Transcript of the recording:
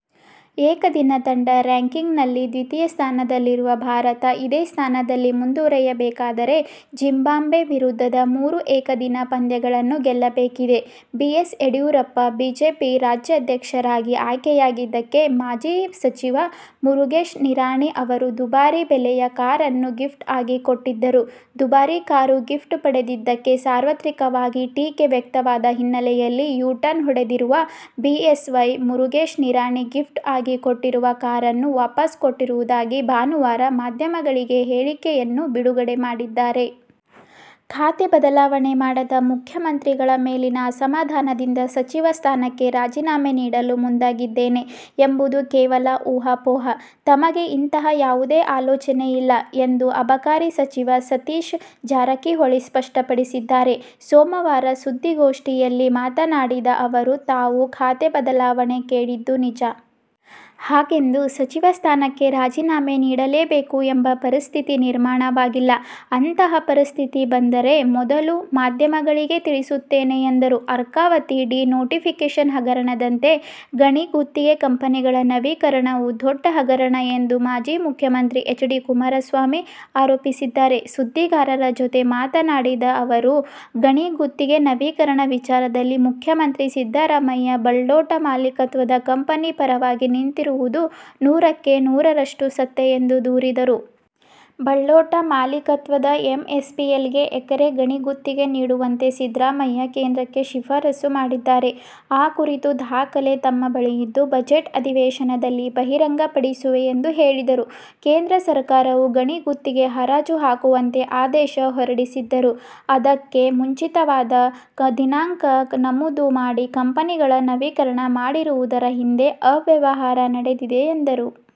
ಏಕದಿನ ತಂಡ ರಾಂಕಿಂಗ್ನಲ್ಲಿ ದ್ವಿತೀಯ ಸ್ಥಾನದಲ್ಲಿರುವ ಭಾರತ ಇದೇ ಸ್ಥಾನದಲ್ಲಿ ಮುಂದುವರಿಯಬೇಕಾದರೆ ಜಿಂಬಾಬ್ವೆ ವಿರುದ್ಧದ ಮೂರೂ ಏಕದಿನ ಪಂದ್ಯಗಳನ್ನು ಗೆಲ್ಲಬೇಕಿದೆ. ಬಿಎಸ್ ಯಡಿಯೂರಪ್ಪ ಬಿಜೆಪಿ ರಾಜ್ಯಾಧ್ಯಕ್ಷರಾಗಿ ಆಯ್ಕೆಯಾಗಿದ್ದಕ್ಕೆ ಮಾಜಿ ಸಚಿವ ಮುರುಗೇಶ್ ನಿರಾಣಿ ಅವರು ದುಬಾರಿ ಬೆಲೆಯ ಕಾರನ್ನು ಗಿಫ್ಟ್ ಆಗಿ ಕೊಟ್ಟಿದ್ದರು. ದುಬಾರಿ ಕಾರು ಗಿಫ್ಟ್ ಪಡೆದಿದ್ದಕ್ಕೆ ಸಾರ್ವತ್ರಿಕವಾಗಿ ಟೀಕೆ ವ್ಯಕ್ತವಾದ ಹಿನ್ನೆಲೆಯಲ್ಲಿ ಯೂ ಟರ್ನ್ ಹೊಡೆದಿರುವ B S Y Murugesh Nirani gift ಆಗಿ ಕೊಟ್ಟಿರುವ ಕಾರನ್ನು ವಾಪಸ್ ಕೊಟ್ಟಿರುವುದಾಗಿ ಭಾನುವಾರ ಮಾಧ್ಯಮಗಳಿಗೆ ಹೇಳಿಕೆಯನ್ನು ಬಿಡುಗಡೆ ಮಾಡಿದ್ದಾರೆ. ಖಾತೆ ಬದಲಾವಣೆ ಮಾಡದ ಮುಖ್ಯಮಂತ್ರಿಗಳ ಮೇಲಿನ ಅಸಮಾಧಾನದಿಂದ ಸಚಿವ ಸ್ಥಾನಕ್ಕೆ ರಾಜೀನಾಮೆ ನೀಡಲು ಮುಂದಾಗಿದ್ದೇನೆ ಎಂಬುದು ಕೇವಲ ಊಹಾಪೋಹ. ತಮಗೆ ಇಂತಹ ಯಾವುದೇ ಆಲೋಚನೆ ಇಲ್ಲ ಎಂದು ಅಬಕಾರಿ ಸಚಿವ ಸತೀಶ ಜಾರಕಿಹೊಳಿ ಸ್ಪಷ್ಟಪಡಿಸಿದ್ದಾರೆ. ಸೋಮವಾರ ಸುದ್ದಿಗೋಷ್ಠಿಯಲ್ಲಿ ಮಾತನಾಡಿದ ಅವರು, ತಾವು ಖಾತೆ ಬದಲಾವಣೆ ಕೇಳಿದ್ದು ನಿಜ. ಹಾಗೆಂದು ಸಚಿವ ಸ್ಥಾನಕ್ಕೆ ರಾಜೀನಾಮೆ ನೀಡಲೇಬೇಕು ಎಂಬ ಪರಿಸ್ಥಿತಿ ನಿರ್ಮಾಣವಾಗಿಲ್ಲ. ಅಂತಹ ಪರಿಸ್ಥಿತಿ ಬಂದರೆ ಮೊದಲು ಮಾಧ್ಯಮಗಳಿಗೇ ತಿಳಿಸುತ್ತೇನೆ ಎಂದರು. ಅರ್ಕಾವತಿ ಡಿ ನೋಟಿಫಿಕೇಷನ್ ಹಗರಣದಂತೆ ಗಣಿ ಗುತ್ತಿಗೆ ಕಂಪನಿಗಳ ನವೀಕರಣವೂ ದೊಡ್ಡ ಹಗರಣ ಎಂದು ಮಾಜಿ ಮುಖ್ಯಮಂತ್ರಿ ಎಚ್. ಡಿ. ಕುಮಾರಸ್ವಾಮಿ ಆರೋಪಿಸಿದ್ದಾರೆ. ಸುದ್ದಿಗಾರರ ಜತೆ ಮಾತನಾಡಿದ ಅವರು, ಗಣಿ ಗುತ್ತಿಗೆ ನವೀಕರಣ ವಿಚಾರದಲ್ಲಿ ಮುಖ್ಯಮಂತ್ರಿ ಸಿದ್ದರಾಮಯ್ಯ ಬಲ್ಡೋಟ ಮಾಲಿಕತ್ವದ ಕಂಪನಿ ಪರವಾಗಿ ನಿಂತಿರುವುದು ನೂರಕ್ಕೆ ನೂರರಷ್ಟು ಸತ್ಯ ಎಂದು ದೂರಿದರು. ಬಲ್ಡೋಟ ಮಾಲಿಕತ್ವದ ಎಂಎಸ್ಪಿಎಲ್ಗೆ ಎಕರೆ ಗಣಿ ಗುತ್ತಿಗೆ ನೀಡುವಂತೆ ಸಿದ್ದರಾಮಯ್ಯ ಕೇಂದ್ರಕ್ಕೆ ಶಿಫಾರಸು ಮಾಡಿದ್ದಾರೆ. ಆ ಕುರಿತ ದಾಖಲೆ ತಮ್ಮ ಬಳಿಯಿದ್ದು, ಬಜೆಟ್ ಅಧಿವೇಶನದಲ್ಲಿ ಬಹಿರಂಗಪಡಿಸುವೆ ಎಂದು ಹೇಳಿದರು. ಕೇಂದ್ರ ಸರ್ಕಾರವು ಗಣಿ ಗುತ್ತಿಗೆ ಹರಾಜು ಹಾಕುವಂತೆ ಆದೇಶ ಹೊರಡಿಸಿದ್ದರೂ ಅದಕ್ಕೆ ಮುಂಚಿತವಾದ ದಿನಾಂಕ ನಮೂದು ಮಾಡಿ ಕಂಪನಿಗಳ ನವೀಕರಣ ಮಾಡಿರುವುದರ ಹಿಂದೆ ಅವ್ಯವಹಾರ ನಡೆದಿದೆ ಎಂದರು.